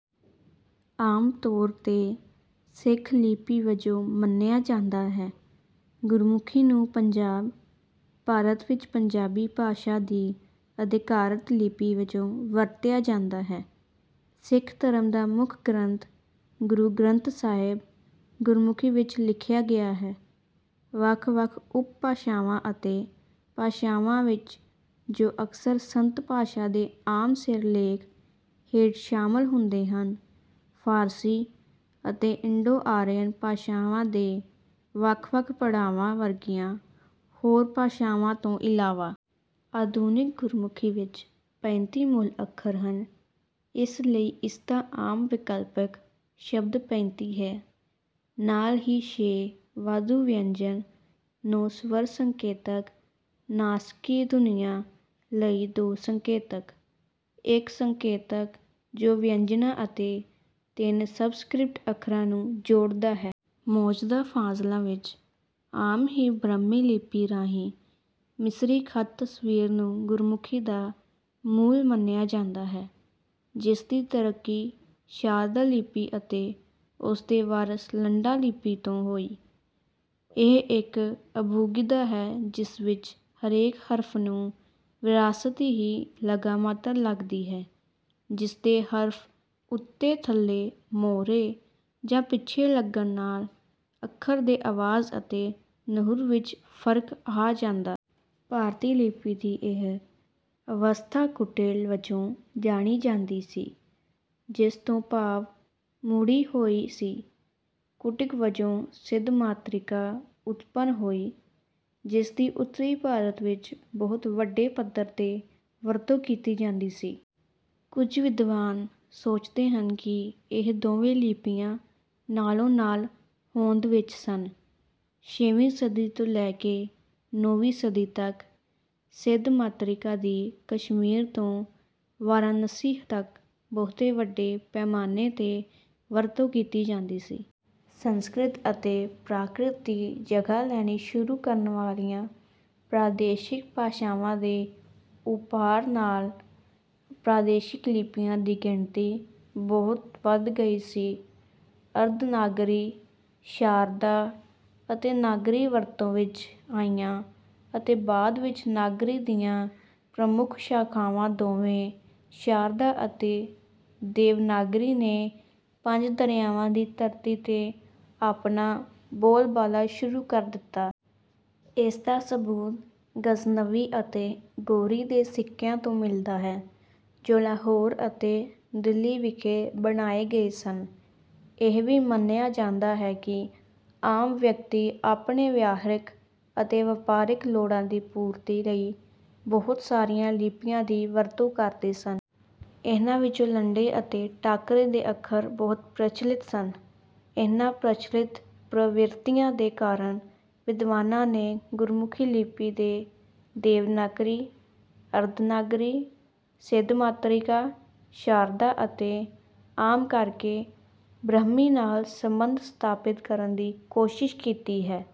ਆਮ ਤੌਰ 'ਤੇ ਸਿੱਖ ਲਿਪੀ ਵਜੋਂ ਮੰਨਿਆ ਜਾਂਦਾ ਹੈ, ਗੁਰਮੁਖੀ ਨੂੰ ਪੰਜਾਬ, ਭਾਰਤ ਵਿੱਚ ਪੰਜਾਬੀ ਭਾਸ਼ਾ ਦੀ ਅਧਿਕਾਰਤ ਲਿਪੀ ਵਜੋਂ ਵਰਤਿਆ ਜਾਂਦਾ ਹੈ। ਸਿੱਖ ਧਰਮ ਦਾ ਮੁੱਖ ਗ੍ਰੰਥ, ਗੁਰੂ ਗ੍ਰੰਥ ਸਾਹਿਬ, ਗੁਰਮੁਖੀ ਵਿੱਚ ਲਿਖਿਆ ਗਿਆ ਹੈ, ਵੱਖ-ਵੱਖ ਉਪਭਾਸ਼ਾਵਾਂ ਅਤੇ ਭਾਸ਼ਾਵਾਂ ਵਿੱਚ ਜੋ ਅਕਸਰ ਸੰਤ ਭਾਸ਼ਾ ਦੇ ਆਮ ਸਿਰਲੇਖ ਹੇਠ ਸ਼ਾਮਲ ਹੁੰਦੇ ਹਨ, ਫਾਰਸੀ ਅਤੇ ਇੰਡੋ-ਆਰੀਅਨ ਭਾਸ਼ਾਵਾਂ ਦੇ ਵੱਖ-ਵੱਖ ਪੜਾਵਾਂ ਵਰਗੀਆਂ ਹੋਰ ਭਾਸ਼ਾਵਾਂ ਤੋਂ ਇਲਾਵਾ। ਆਧੁਨਿਕ ਗੁਰਮੁਖੀ ਵਿੱਚ ਪੈਂਤੀ ਮੂਲ ਅੱਖਰ ਹਨ, ਇਸ ਲਈ ਇਸਦਾ ਆਮ ਵਿਕਲਪਿਕ ਸ਼ਬਦ ਪੈਂਤੀ ਹੈ। ਨਾਲ ਹੀ ਛੇ ਵਾਧੂ ਵਿਅੰਜਨ, ਨੌਂ ਸਵਰ ਸੰਕੇਤਕ, ਨਾਸਕੀ ਧੁਨੀਆਂ ਲਈ ਦੋ ਸੰਕੇਤਕ, ਇੱਕ ਸੰਕੇਤਕ ਜੋ ਵਿਅੰਜਨਾਂ ਅਤੇ ਤਿੰਨ ਸਬਸਕ੍ਰਿਪਟ ਅੱਖਰਾਂ ਨੂੰ ਜੋੜਦਾ ਹੈ। ਮੌਜਦਾ ਫ਼ਾਜ਼ਲਾਂ ਵਿੱਚ, ਆਮ ਹੀ ਬ੍ਰਹਮੀ ਲਿਪੀ ਰਾਹੀਂ, ਮਿਸਰੀ ਖ਼ਤ ਤਸਵੀਰ ਨੂੰ ਗੁਰਮੁਖੀ ਦਾ ਮੂਲ ਮੰਨਿਆ ਜਾਂਦਾ ਹੈ ਜਿਸਦੀ ਤਰੱਕੀ ਸ਼ਾਰਦਾ ਲਿਪੀ ਅਤੇ ਉਸਦੇ ਵਾਰਸ ਲੰਡਾ ਲਿਪੀ ਤੋਂ ਹੋਈ। ਇਹ ਇੱਕ ਅਬੂਗੀਦਾ ਹੈ ਜਿਸ ਵਿੱਚ ਹਰੇਕ ਹਰਫ਼ ਨੂੰ ਵਿਰਾਸਤੀ ਹੀ ਲਗਾ ਮਾਤਰ ਲੱਗਦੀ ਹੈ, ਜਿਸਦੇ ਹਰਫ਼ ਉੱਤੇ, ਥੱਲੇ, ਮੋਹਰੇ ਜਾਂ ਪਿੱਛੇ ਲੱਗਣ ਨਾਲ਼ ਅੱਖਰ ਦੇ ਅਵਾਜ਼ ਅਤੇ ਨਹੁਰ ਵਿੱਚ ਫ਼ਰਕ ਆਹ ਜਾਂਦਾ। ਭਾਰਤੀ ਲਿਪੀ ਦੀ ਇਹ ਅਵਸਥਾ 'ਕੁਟਿਲ' ਵਜੋਂ ਜਾਣੀ ਜਾਂਦੀ ਸੀ, ਜਿਸ ਤੋਂ ਭਾਵ ਮੁੜੀ ਹੋਈ ਸੀ। ਕੁਟਿਕ ਵਜੋਂ ਸਿੱਧਮਾਤ੍ਰਿਕਾ ਉਤਪੰਨ ਹੋਈ ਜਿਸਦੀ ਉੱਤਰੀ ਭਾਰਤ ਵਿਚ ਬਹੁਤ ਵੱਡੇ ਪੱਧਰ ਤੇ ਵਰਤੋਂ ਕੀਤੀ ਜਾਂਦੀ ਸੀ। ਕੁਝ ਵਿਦਵਾਨ ਸੋਚਦੇ ਹਨ ਕਿ ਇਹ ਦੋਵੇਂ ਲਿਪੀਆਂ ਨਾਲੋਂ ਨਾਲ ਹੋਂਦ ਵਿਚ ਸਨ। ਛੇਵੀਂ ਸਦੀ ਤੋਂ ਲੈ ਕੇ ਨੌਂਵੀਂ ਸਦੀ ਤਕ, ਸਿੱਧਮਾਤ੍ਰਿਕਾ ਦੀ ਕਸ਼ਮੀਰ ਤੋਂ ਵਾਰਾਣਸੀ ਤਕ ਬਹੁਤ ਵੱਡੇ ਪੈਮਾਨੇ ਤੇ ਵਰਤੋਂ ਕੀਤੀ ਜਾਂਦੀ ਸੀ। ਸੰਸਕ੍ਰਿਤ ਅਤੇ ਪ੍ਰਾਕ੍ਰਿਤ ਦੀ ਜਗ੍ਹਾ ਲੈਣੀ ਸ਼ੁਰੂ ਕਰਨ ਵਾਲੀਆਂ ਪ੍ਰਾਦੇਸ਼ਿਕ ਭਾਸ਼ਾਵਾਂ ਦੇ ਉੱਭਾਰ ਨਾਲ ਪ੍ਰਾਦੇਸ਼ਿਕ ਲਿਪੀਆਂ ਦੀ ਗਿਣਤੀ ਬਹੁਤ ਵਧ ਗਈ ਸੀ। ਅਰਧਨਾਗਰੀ, ਸ਼ਾਰਦਾ ਅਤੇ ਨਾਗਰੀ ਵਰਤੋਂ ਵਿਚ ਆਈਆਂ ਅਤੇ ਬਾਅਦ ਵਿਚ ਨਾਗਰੀ ਦੀਆਂ ਪ੍ਰਮੁਖ ਸ਼ਾਖ਼ਾਵਾਂ ਦੋਵੇਂ ਸ਼ਾਰਦਾ ਅਤੇ ਦੇਵਨਾਗਰੀ ਨੇ ਪੰਜ ਦਰਿਆਵਾਂ ਦੀ ਧਰਤੀ ਤੇ ਆਪਣਾ ਬੋਲਬਾਲਾ ਸ਼ੁਰੂ ਕਰ ਦਿੱਤਾ। ਇਸਦਾ ਸਬੂਤ ਗ਼ਜ਼ਨਵੀ ਅਤੇ ਗੌਰੀ ਦੇ ਸਿੱਕਿਆਂ ਤੋਂ ਮਿਲਦਾ ਹੈ ਜੋ ਲਾਹੌਰ ਅਤੇ ਦਿੱਲੀਵਿਖੇ ਬਣਾਏ ਗਏ ਸਨ। ਇਹ ਵੀ ਮੰਨਿਆ ਜਾਂਦਾ ਹੈ ਕਿ ਆਮ ਵਿਅਕਤੀ ਆਪਣੇ ਵਿਹਾਰਿਕ ਅਤੇ ਵਪਾਰਿਕ ਲੋੜਾਂ ਦੀ ਪੂਰਤੀ ਲਈ ਬਹੁਤ ਸਾਰੀਆਂ ਲਿਪੀਆਂ ਦੀ ਵਰਤੋਂ ਕਰਦੇ ਸਨ। ਇਹਨਾਂ ਵਿਚੋਂਲੰਡੇ ਅਤੇ ਟਾਕਰੇ ਦੇ ਅੱਖਰ ਬਹੁਤ ਪ੍ਰਚਲਿਤ ਸਨ। ਇਹਨਾਂ ਪ੍ਰਚਲਿਤ ਪ੍ਰਵਿਰਤੀਆਂ ਦੇ ਕਾਰਨ ਵਿਦਵਾਨਾਂ ਨੇ ਗੁਰਮੁਖੀ ਲਿਪੀ ਦੇ ਦੇਵਨਾਗਰੀ, ਅਰਧਨਾਗਰੀ, ਸਿੱਧਮਾਤ੍ਰਿਕਾ, ਸ਼ਾਰਦਾ ਅਤੇ ਆਮ ਕਰਕੇ ਬ੍ਰਹਮੀ ਨਾਲ ਸੰਬੰਧ ਸਥਾਪਿਤ ਕਰਨ ਦੀ ਕੋਸ਼ਿਸ਼ ਕੀਤੀ ਹੈ।